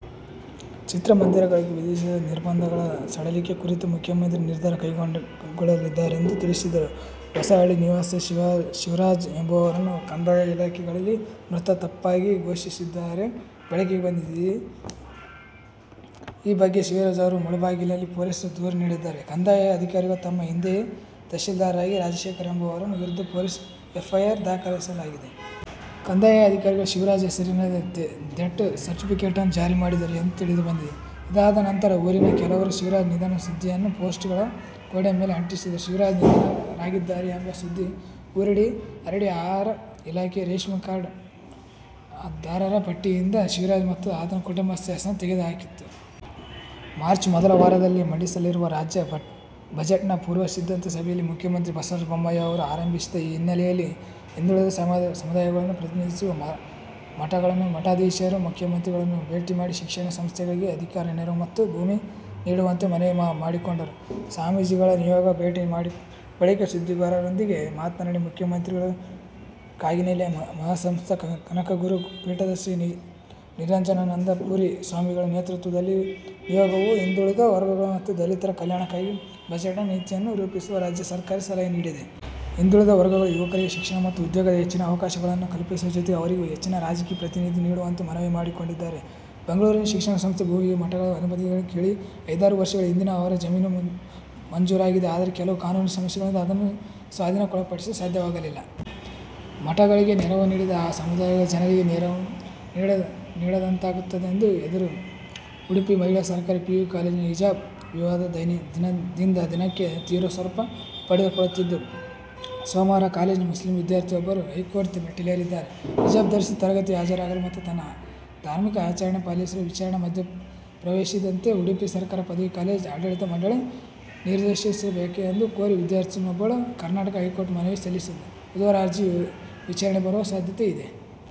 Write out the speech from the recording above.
ಚಿತ್ರಮಂದಿರಗಳಿಗೆ ವಿಧಿಸಿರುವ ನಿರ್ಬಂಧಗಳ ಸಡಿಲಿಕೆ ಕುರಿತು ಮುಖ್ಯಮಂತ್ರಿಗಳು ನಿರ್ಧಾರ ಕೈಗೊಳ್ಳಲಿದ್ದಾರೆಂದು ತಿಳಿಸಿದರು. ಹೊಸಹಳ್ಳಿ ನಿವಾಸಿ ಶಿವರಾಜ್ ಎಂಬುವವರನ್ನು ಕಂದಾಯ ದಾಖಲೆಗಳಲ್ಲಿ ಮೃತ ಎಂದು ತಪ್ಪಾಗಿ ಘೋಷಿಸಿರುವ ಘಟನೆ ಬೆಳಕಿಗೆ ಬಂದಿದೆ. ಈ ಬಗ್ಗೆ ಶಿವರಾಜ್ ಅವರು ಮುಳಬಾಗಿಲು ಪೊಲೀಸರಿಗೆ ದೂರು ನೀಡಿದ್ದು, ಕಂದಾಯ ಅಧಿಕಾರಿಗಳು ಮತ್ತು ಈ ಹಿಂದೆ ತಹಶೀಲ್ದಾರರಾಗಿದ್ದ ರಾಜಶೇಖರ್ ಎಂಬುವವರ ವಿರುದ್ಧ ಪೊಲೀಸರು ಎಫ್ ಐ ಆರ್ ದಾಖಲಿಸಿಕೊಂಡಿದ್ದಾರೆ. ಕಂದಾಯ ಅಧಿಕಾರಿಗಳು ಶಿವರಾಜ್ ಹೆಸರಿನಲ್ಲಿ ಡೆತ್ ಸರ್ಟಿಫಿಕೆಟನ್ನೂ ಜಾರಿ ಮಾಡಿದ್ದರು ಎಂದು ತಿಳಿದುಬಂದಿದೆ. ಇದಾದ ನಂತರ ಊರಿನಲ್ಲಿ ಕೆಲವರು ಶಿವರಾಜ್ ನಿಧನ ಸುದ್ದಿಯಿದ್ದ ಪೋಸ್ಟರ್ ಗಳನ್ನು ಗೋಡೆ ಮೇಲೆ ಅಂಟಿಸಿದ್ದರು. ಶಿವರಾಜ್ ನಿಧನರಾಗಿದ್ದಾರೆ ಎಂಬ ಸುದ್ದಿ ಊರಿಡೀ ಹರಡಿ, ಆಹಾರ ಇಲಾಖೆ ರೇಷನ್ ಕಾರ್ಡ್ ದಾರರ ಪಟ್ಟಿಯಿಂದ ಶಿವರಾಜ್ ಮತ್ತು ಆತನ ಕುಟುಂಬಸ್ಥರ ಹೆಸರನ್ನು ತೆಗೆದು ಹಾಕಿತ್ತು. ಮಾರ್ಚ್ ಮೊದಲ ವಾರದಲ್ಲಿ ಮಂಡಿಸಲಿರುವ ರಾಜ್ಯ ಬಜೆಟ್ನ ಪೂರ್ವಸಿದ್ಧತಾ ಸಭೆಯನ್ನು ಮುಖ್ಯಮಂತ್ರಿ ಬಸವರಾಜ ಬೊಮ್ಮಾಯಿ ಅವರು ಆರಂಭಿಸಿದ್ದು, ಈ ಹಿನ್ನೆಲೆಯಲ್ಲಿ ಹಿಂದುಳಿದ ಸಮುದಾಯಗಳನ್ನು ಪ್ರತಿನಿಧಿಸುವ ಮಠಗಳ ಮಠಾಧೀಶರು ಮುಖ್ಯಮಂತ್ರಿಗಳನ್ನು ಭೇಟಿ ಮಾಡಿ ಶಿಕ್ಷಣ ಸಂಸ್ಥೆಗಳಿಗೆ ಆರ್ಥಿಕ ನೆರವು ಮತ್ತು ಭೂಮಿ ನೀಡುವಂತೆ ಮನವಿ ಮಾಡಿಕೊಂಡರು. ಸ್ವಾಮೀಜಿಗಳ ನಿಯೋಗ ಭೇಟಿ ಮಾಡಿದ ಬಳಿಕ ಸುದ್ದಿಗಾರರೊಂದಿಗೆ ಮಾತನಾಡಿದ ಮುಖ್ಯಮಂತ್ರಿಗಳು, ಕಾಗಿನೆಲೆ ಮಹಾಸಂಸ್ಥಾನ ಕನಕಗುರು ಪೀಠದ ಶ್ರೀ ನಿರಂಜನಾನಂದ ಪುರಿ ಸ್ವಾಮಿಗಳ ನೇತೃತ್ವದ ನಿಯೋಗವು ಹಿಂದುಳಿದ ವರ್ಗಗಳ ಮತ್ತು ದಲಿತರ ಕಲ್ಯಾಣಕ್ಕಾಗಿ ಬಜೆಟ್ನಲ್ಲಿ ನೀತಿಗಳನ್ನು ರೂಪಿಸುವಂತೆ ರಾಜ್ಯ ಸರ್ಕಾರಕ್ಕೆ ಸಲಹೆ ನೀಡಿದೆ. ಹಿಂದುಳಿದ ವರ್ಗಗಳ ಯುವಕರಿಗೆ ಶಿಕ್ಷಣ ಮತ್ತು ಉದ್ಯೋಗದಲ್ಲಿ ಹೆಚ್ಚಿನ ಅವಕಾಶಗಳನ್ನು ಕಲ್ಪಿಸುವುದರ ಜೊತೆಗೆ ಅವರಿಗೆ ಹೆಚ್ಚಿನ ರಾಜಕೀಯ ಪ್ರಾತಿನಿಧ್ಯ ನೀಡುವಂತೆ ಮನವಿ ಮಾಡಿಕೊಂಡಿದ್ದಾರೆ. ಬೆಂಗಳೂರಿನಲ್ಲಿ ಶಿಕ್ಷಣ ಸಂಸ್ಥೆಗಳು ಮತ್ತು ಭೂಮಿಗಾಗಿ ಮಠಗಳು ಅನುದಾನವನ್ನು ಕೇಳಿವೆ. ಐದಾರು ವರ್ಷಗಳ ಹಿಂದೆಯೇ ಅವರಿಗೆ ಜಮೀನು ಮಂಜೂರಾಗಿದೆ. ಆದರೆ ಕೆಲವು ಕಾನೂನು ಸಮಸ್ಯೆಗಳಿಂದ ಅದನ್ನು ಸ್ವಾಧೀನಪಡಿಸಿಕೊಳ್ಳಲು ಸಾಧ್ಯವಾಗಿಲ್ಲ. ಮಠಗಳಿಗೆ ನೆರವು ನೀಡಿದರೆ, ಆ ಸಮುದಾಯಗಳ ಜನರಿಗೆ ನೆರವು ನೀಡಿದಂತಾಗುತ್ತದೆ ಎಂದರು. ಉಡುಪಿಯ ಮಹಿಳಾ ಸರಕಾರಿ ಪಿಯು ಕಾಲೇಜಿನ ಹಿಜಾಬ್ ವಿವಾದ ದಿನದಿಂದ ದಿನಕ್ಕೆ ತೀವ್ರ ಸ್ವರೂಪ ಪಡೆದುಕೊಳ್ಳುತ್ತಿದ್ದು, ಸೋಮವಾರ ಕಾಲೇಜ್ ನ ಮುಸ್ಲಿಂ ವಿದ್ಯಾರ್ಥಿನಿಯೊಬ್ಬರು ಹೈಕೋರ್ಟ್ ಮೆಟ್ಟಿಲೇರಿದ್ದಾರೆ. ಹಿಜಾಬ್ ಧರಿಸಿ ತರಗತಿಗೆ ಹಾಜರಾಗಲು ಮತ್ತು ತನ್ನ ಧಾರ್ಮಿಕ ಆಚರಣೆ ಪಾಲಿಸುವ ವಿಚಾರದಲ್ಲಿ ಮಧ್ಯಪ್ರವೇಶಿಸದಂತೆ ಉಡುಪಿ ಸರ್ಕಾರಿ ಪದವಿ ಪೂರ್ವ ಕಾಲೇಜಿನ ಆಡಳಿತ ಮಂಡಳಿಗೆ ನಿರ್ದೇಶಿಸಬೇಕು ಎಂದು ಕೋರಿ ವಿದ್ಯಾರ್ಥಿನಿಯೊಬ್ಬರು ಕರ್ನಾಟಕ ಹೈಕೋರ್ಟ್ ಗೆ ಮನವಿ ಸಲ್ಲಿಸಿದ್ದು, ಬುಧವಾರ ಅರ್ಜಿ ವಿಚಾರಣೆಗೆ ಬರುವ ಸಾಧ್ಯತೆ ಇದೆ.